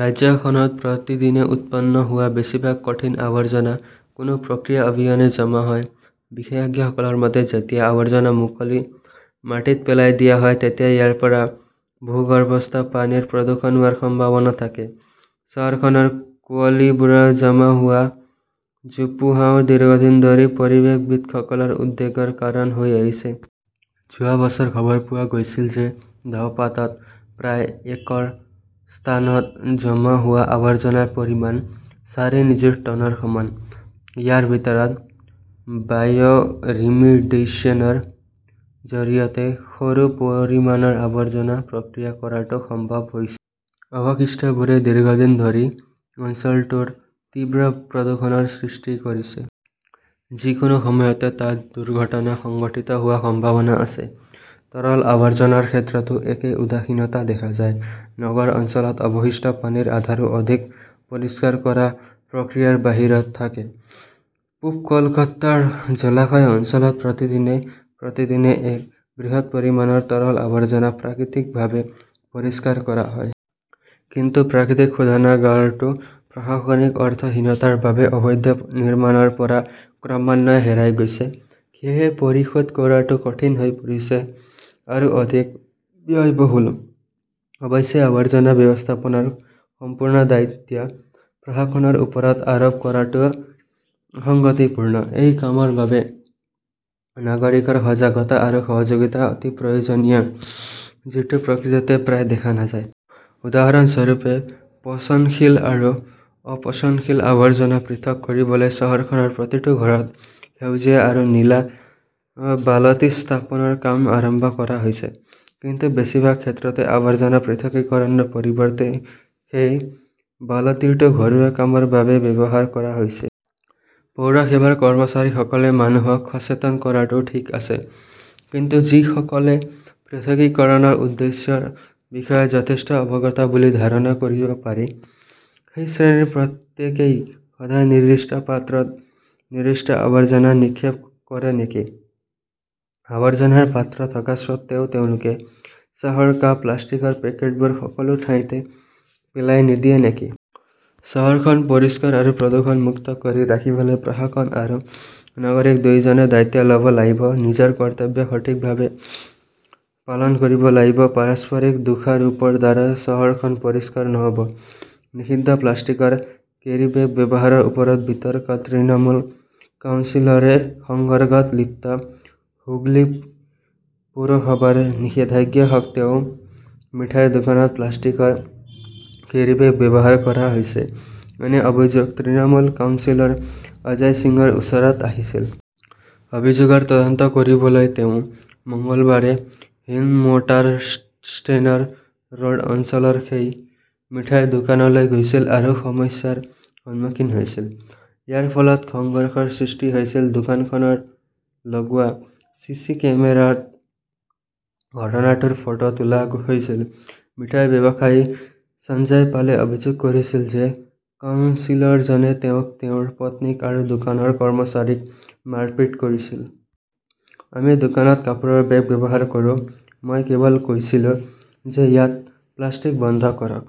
ৰাজ্যখনত প্ৰতিদিনে উৎপন্ন হোৱা বেছিভাগ কঠিন আৱৰ্জনা কোনো প্ৰক্ৰিয়া অবিহনে জমা হয়। বিশেষজ্ঞসকলৰ মতে, যেতিয়া আৱৰ্জনা মুকলি মাটিত পেলাই দিয়া হয় তেতিয়া ইয়াৰ পৰা ভূগৰ্ভস্থ পানীৰ প্ৰদূষণ হোৱাৰ সম্ভাৱনা থাকে। চহৰখনৰ কুঁৱলীবোৰৰ জমা হোৱা জোপোহাও দীৰ্ঘদিন ধৰি পৰিৱেশবিদসকলৰ উদ্বেগৰ কাৰণ হৈ আহিছে। যোৱা বছৰ খবৰ পোৱা গৈছিল যে ধপাতাত প্ৰায় একৰ স্থানত জমা হোৱা আৱৰ্জনাৰ পৰিমাণ চাৰি নিযুত টনৰ সমান। ইয়াৰ ভিতৰত বায়'ৰিমিডিশ্যনৰ জৰিয়তে সৰু পৰিমাণৰ আৱৰ্জনা প্ৰক্ৰিয়া কৰাটো সম্ভৱ হৈছে। অৱশিষ্টবোৰে দীৰ্ঘদিন ধৰি অঞ্চলটোৰ তীব্ৰ প্ৰদূষণৰ সৃষ্টি কৰিছে। যিকোনো সময়তে তাত দুৰ্ঘটনা সংঘটিত হোৱাৰ সম্ভাৱনা আছে। তৰল আৱৰ্জনাৰ ক্ষেত্ৰতো একে উদাসীনতা দেখা যায়। নগৰ অঞ্চলত অৱশিষ্ট পানীৰ আধাৰো অধিক পৰিষ্কাৰ কৰা প্ৰক্ৰিয়াৰ বাহিৰত থাকে। পূৱ কলকাতাৰ জলাশয় অঞ্চলত প্ৰতিদিনে প্ৰতিদিনে এক বৃহৎ পৰিমাণৰ তৰল আৱৰ্জনা প্ৰাকৃতিকভাৱে পৰিষ্কাৰ কৰা হয়। কিন্তু প্ৰাকৃতিক শোধনাগাৰটো প্ৰশাসনিক অৰ্থহীনতাৰ বাবে অবৈধ নিৰ্মাণৰ পৰা ক্ৰমান্বয়ে হেৰাই গৈছে। সেয়েহে, পৰিশোধ কৰাটো কঠিন হৈ পৰিছে, আৰু অধিক ব্যয়বহুল। অৱশ্যে, আৱৰ্জনা ব্যৱস্থাপনাৰ সম্পূৰ্ণ দায়িত্ব প্ৰশাসনৰ ওপৰত আৰোপ কৰাটোও অসঙ্গতিপূৰ্ণ। এই কামৰ বাবে নাগৰিকৰ সজাগতা আৰু সহযোগিতা অতি প্ৰয়োজনীয়, যিটো প্ৰকৃততে প্ৰায় দেখা নাযায়। উদাহৰণস্বৰূপে, পচনশীল আৰু অপচনশীল আৱৰ্জনা পৃথক কৰিবলৈ চহৰখনৰ প্ৰতিটো ঘৰত সেউজীয়া আৰু নীলা বালতি স্থাপনৰ কাম আৰম্ভ কৰা হৈছে। কিন্তু বেছিভাগ ক্ষেত্ৰতে আৱৰ্জনা পৃথকীকৰণৰ পৰিৱৰ্তে সেই বালতিটো ঘৰুৱা কামৰ বাবে ব্যৱহাৰ কৰা হৈছে। পৌৰসেৱাৰ কৰ্মচাৰীসকলে মানুহক সচেতন কৰাটো ঠিক আছে, কিন্তু যিসকলে পৃথকীকৰণৰ উদ্দেশ্যৰ বিষয়ে যথেষ্ট অৱগত বুলি ধাৰণা কৰিব পাৰি, সেই শ্ৰেণীৰ প্ৰত্যেকেই সদায় নিৰ্দিষ্ট পাত্ৰত নিৰ্দিষ্ট আৱৰ্জনা নিক্ষেপ কৰে নেকি? আৱৰ্জনাৰ পাত্ৰ থকা স্বত্বেও তেওঁলোকে চাহৰ কাপ, প্লাষ্টিকৰ পেকেটবোৰ সকলো ঠাইতে পেলাই নিদিয়ে নেকি? চহৰখন পৰিষ্কাৰ আৰু প্ৰদূষণমুক্ত কৰি ৰাখিবলৈ প্ৰশাসন আৰু নাগৰিক দুয়োজনে দায়িত্ব ল 'ব লাগিব, নিজৰ কৰ্তব্য সঠিকভাৱে পালন কৰিব লাগিব। পাৰস্পৰিক দোষাৰোপৰ দ্বাৰা চহৰখন পৰিষ্কাৰ নহ'ব। নিষিদ্ধ প্লাষ্টিকৰ কেৰীবেগ ব্যৱহাৰৰ ওপৰত বিতৰ্ক, তৃণমূল কাউন্সিলৰে সংঘৰ্ষত লিপ্ত হুগলী পৌৰসভাৰ নিষেধাজ্ঞা সত্বেও মিঠাইৰ দোকানত প্লাষ্টিকৰ কেৰীবেগ ব্যৱহাৰ কৰা হৈছে, এনে অভিযোগ তৃণমূল কাউন্সিলৰ অজয় সিঙৰ ওচৰত আহিছিল। অভিযোগৰ তদন্ত কৰিবলৈ তেওঁ মঙলবাৰে হিন্দমোটাৰ ষ্টেচন ৰোড অঞ্চলৰ সেই মিঠাইৰ দোকানলৈ গৈছিল আৰু সমস্যাৰ সন্মুখীন হৈছিল। এয়াৰ ফলত সংঘৰ্ষৰ সৃষ্টি হৈছিল। দোকানখনত লগোৱা চি. চি. কেমেৰাত ঘটনাটোৰ ফটো তোলা হৈছিল। মিঠাই ব্যৱসায়ী সঞ্জয় পালে অভিযোগ কৰিছিল যে কাউন্সিলৰজনে তেওঁক, তেওঁৰ পত্নীক আৰু দোকানৰ কৰ্মচাৰীক মাৰপিট কৰিছিল। আমি দোকানত কাপোৰৰ বেগ ব্যৱহাৰ কৰো। মই কেৱল কৈছিলো যে ইয়াত প্লাষ্টিক বন্ধ কৰক।